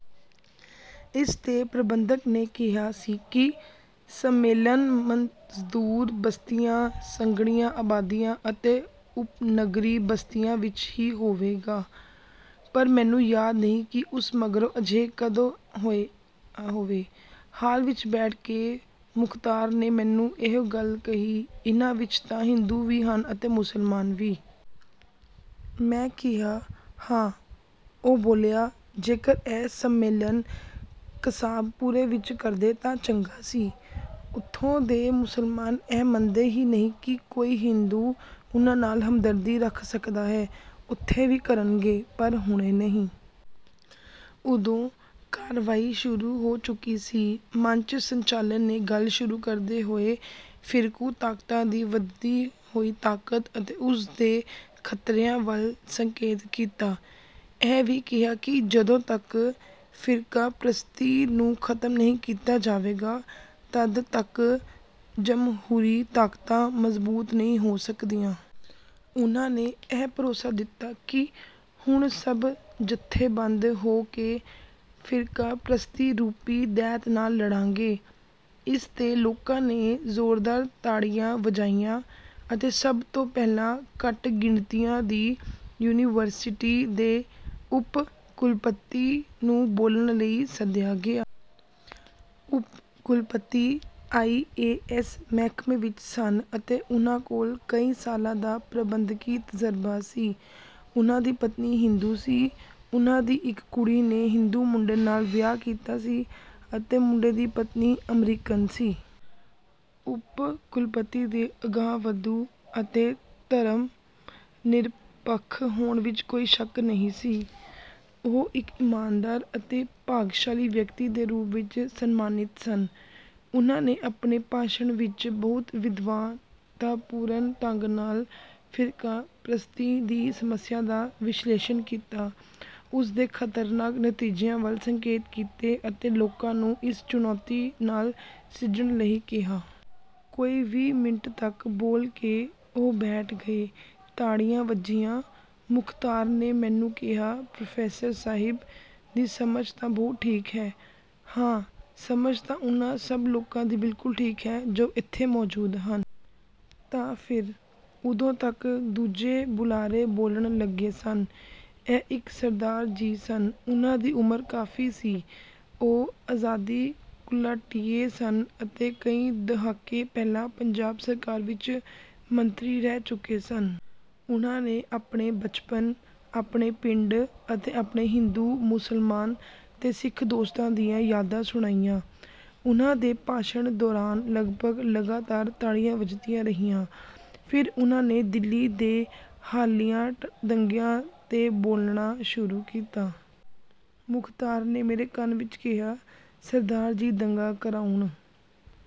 ਇਸ 'ਤੇ ਪ੍ਰਬੰਧਕ ਨੇ ਕਿਹਾ ਸੀ ਕਿ ਸੰਮੇਲਨ ਮਜ਼ਦੂਰ ਬਸਤੀਆਂ, ਸੰਘਣੀਆਂ ਆਬਾਦੀਆਂ ਅਤੇ ਉਪਨਗਰੀ ਬਸਤੀਆਂ ਵਿੱਚ ਹੀ ਹੋਵੇਗਾ, ਪਰ ਮੈਨੂੰ ਯਾਦ ਨਹੀਂ ਕਿ ਉਸ ਮਗਰੋਂ ਅਜਿਹਾ ਕਦੇ ਹੋਇਆ ਹੋਵੇ। ਹਾਲ ਵਿੱਚ ਬੈਠ ਕੇ ਮੁਖ਼ਤਾਰ ਨੇ ਮੈਨੂੰ ਇਹੋ ਗੱਲ ਕਹੀ, "ਇਹਨਾਂ ਵਿੱਚ ਤਾਂ ਹਿੰਦੂ ਵੀ ਹਨ ਅਤੇ ਮੁਸਲਮਾਨ ਵੀ।" ਮੈਂ ਕਿਹਾ, "ਹਾਂ!" ਉਹ ਬੋਲਿਆ, "ਜੇਕਰ ਇਹ ਸੰਮੇਲਨ ਕਸਾਬਪੁਰੇ ਵਿੱਚ ਕਰਦੇ ਤਾਂ ਚੰਗਾ ਸੀ। ਉੱਥੋਂ ਦੇ ਮੁਸਲਮਾਨ ਇਹ ਮੰਨਦੇ ਹੀ ਨਹੀਂ ਕਿ ਕੋਈ ਹਿੰਦੂ ਉਹਨਾਂ ਨਾਲ਼ ਹਮਦਰਦੀ ਰੱਖ ਸਕਦਾ ਹੈ।" "ਉੱਥੇ ਵੀ ਕਰਨਗੇ, ਪਰ ਹੁਣੇ ਨਹੀਂ।" ਉਦੋਂ ਕਾਰਵਾਈ ਸ਼ੁਰੂ ਹੋ ਚੁੱਕੀ ਸੀ। ਮੰਚ ਸੰਚਾਲਕ ਨੇ ਗੱਲ ਸ਼ੁਰੂ ਕਰਦੇ ਹੋਏ ਫ਼ਿਰਕੂ ਤਾਕਤਾਂ ਦੀ ਵਧਦੀ ਹੋਈ ਤਾਕਤ ਅਤੇ ਉਸ ਦੇ ਖ਼ਤਰਿਆਂ ਵੱਲ ਸੰਕੇਤ ਕੀਤਾ। ਇਹ ਵੀ ਕਿਹਾ ਕਿ ਜਦੋਂ ਤੱਕ ਫ਼ਿਰਕਾਪ੍ਰਸਤੀ ਨੂੰ ਖ਼ਤਮ ਨਹੀਂ ਕੀਤਾ ਜਾਵੇਗਾ, ਤਦ ਤੱਕ ਜਮਹੂਰੀ ਤਾਕਤਾਂ ਮਜ਼ਬੂਤ ਨਹੀਂ ਹੋ ਸਕਦੀਆਂ। ਉਹਨਾਂ ਨੇ ਇਹ ਭਰੋਸਾ ਦਿੱਤਾ ਕਿ ਹੁਣ ਸਭ ਜਥੇਬੰਦ ਹੋ ਕੇ ਫ਼ਿਰਕਾਪ੍ਰਸਤੀ ਰੂਪੀ ਦੈਤ ਨਾਲ਼ ਲੜਾਂਗੇ। ਇਸ 'ਤੇ ਲੋਕਾਂ ਨੇ ਜ਼ੋਰਦਾਰ ਤਾੜੀਆਂ ਵਜਾਈਆਂ ਅਤੇ ਸਭ ਤੋਂ ਪਹਿਲਾਂ ਘੱਟ ਗਿਣਤੀਆਂ ਦੀ ਯੂਨੀਵਰਸਿਟੀ ਦੇ ਉੱਪ-ਕੁਲਪਤੀ ਨੂੰ ਬੋਲਣ ਲਈ ਸੱਦਿਆ ਗਿਆ। ਉੱਪ-ਕੁਲਪਤੀ ਆਈ. ਏ. ਐੱਸ. ਮਹਿਕਮੇ ਵਿੱਚ ਸਨ ਅਤੇ ਉਹਨਾਂ ਕੋਲ ਕਈ ਸਾਲਾਂ ਦਾ ਪ੍ਰਬੰਧਕੀ ਤਜ਼ਰਬਾ ਸੀ। ਉਹਨਾਂ ਦੀ ਪਤਨੀ ਹਿੰਦੂ ਸੀ, ਉਹਨਾਂ ਦੀ ਇੱਕ ਕੁੜੀ ਨੇ ਹਿੰਦੂ ਮੁੰਡੇ ਨਾਲ਼ ਵਿਆਹ ਕੀਤਾ ਸੀ ਅਤੇ ਮੁੰਡੇ ਦੀ ਪਤਨੀ ਅਮਰੀਕਨ ਸੀ। ਉੱਪ-ਕੁਲਪਤੀ ਦੇ ਅਗਾਂਹਵਧੂ ਅਤੇ ਧਰਮ-ਨਿਰਪੱਖ ਹੋਣ ਵਿੱਚ ਕੋਈ ਸ਼ੱਕ ਨਹੀਂ ਸੀ। ਉਹ ਇੱਕ ਇਮਾਨਦਾਰ ਅਤੇ ਭਾਗਸ਼ਾਲੀ ਵਿਅਕਤੀ ਦੇ ਰੂਪ ਵਿੱਚ ਸਨਮਾਨਿਤ ਸਨ। ਉਹਨਾਂ ਨੇ ਆਪਣੇ ਭਾਸ਼ਣ ਵਿੱਚ ਬਹੁਤ ਵਿਦਵਤਾਪੂਰਨ ਢੰਗ ਨਾਲ਼ ਫ਼ਿਰਕਾਪ੍ਰਸਤੀ ਦੀ ਸਮੱਸਿਆ ਦਾ ਵਿਸ਼ਲੇਸ਼ਣ ਕੀਤਾ, ਉਸ ਦੇ ਖ਼ਤਰਨਾਕ ਨਤੀਜਿਆਂ ਵੱਲ ਸੰਕੇਤ ਕੀਤੇ ਅਤੇ ਲੋਕਾਂ ਨੂੰ ਇਸ ਚੁਣੌਤੀ ਨਾਲ਼ ਸਿੱਝਣ ਲਈ ਕਿਹਾ। ਕੋਈ ਵੀਹ ਮਿੰਟ ਤੱਕ ਬੋਲ ਕੇ ਉਹ ਬੈਠ ਗਏ। ਤਾੜੀਆਂ ਵੱਜੀਆਂ। ਮੁਖ਼ਤਾਰ ਨੇ ਮੈਨੂੰ ਕਿਹਾ, "ਪ੍ਰੋਫ਼ੈਸਰ ਸਾਹਿਬ ਦੀ ਸਮਝ ਤਾਂ ਬਹੁਤ ਠੀਕ ਹੈ।" "ਹਾਂ, ਸਮਝ ਤਾਂ ਉਹਨਾਂ ਸਭ ਲੋਕਾਂ ਦੀ ਬਿਲਕੁਲ ਠੀਕ ਹੈ ਜੋ ਇੱਥੇ ਮੌਜੂਦ ਹਨ।" "ਤਾਂ ਫਿਰ?" ਉਦੋਂ ਤੱਕ ਦੂਜੇ ਬੁਲਾਰੇ ਬੋਲਣ ਲੱਗੇ ਸਨ। ਇਹ ਇੱਕ ਸਰਦਾਰ ਜੀ ਸਨ। ਉਹਨਾਂ ਦੀ ਉਮਰ ਕਾਫ਼ੀ ਸੀ। ਉਹ ਆਜ਼ਾਦੀ ਘੁਲਾਟੀਏ ਸਨ ਅਤੇ ਕਈ ਦਹਾਕੇ ਪਹਿਲਾਂ ਪੰਜਾਬ ਸਰਕਾਰ ਵਿੱਚ ਮੰਤਰੀ ਰਹਿ ਚੁੱਕੇ ਸਨ। ਉਹਨਾਂ ਨੇ ਆਪਣੇ ਬਚਪਨ, ਆਪਣੇ ਪਿੰਡ ਅਤੇ ਆਪਣੇ ਹਿੰਦੂ, ਮੁਸਲਮਾਨ ਤੇ ਸਿੱਖ ਦੋਸਤਾਂ ਦੀਆਂ ਯਾਦਾਂ ਸੁਣਾਈਆਂ। ਉਹਨਾਂ ਦੇ ਭਾਸ਼ਣ ਦੌਰਾਨ ਲਗਭਗ ਲਗਾਤਾਰ ਤਾੜੀਆਂ ਵੱਜਦੀਆਂ ਰਹੀਆਂ। ਫ਼ਿਰ ਉਹਨਾਂ ਨੇ ਦਿੱਲੀ ਦੇ ਹਾਲੀਆ ਦੰਗਿਆਂ 'ਤੇ ਬੋਲਣਾ ਸ਼ੁਰੂ ਕੀਤਾ। ਮੁਖ਼ਤਾਰ ਨੇ ਮੇਰੇ ਕੰਨ ਵਿੱਚ ਕਿਹਾ, "ਸਰਦਾਰ ਜੀ ਦੰਗਾ ਕਰਾਉਣ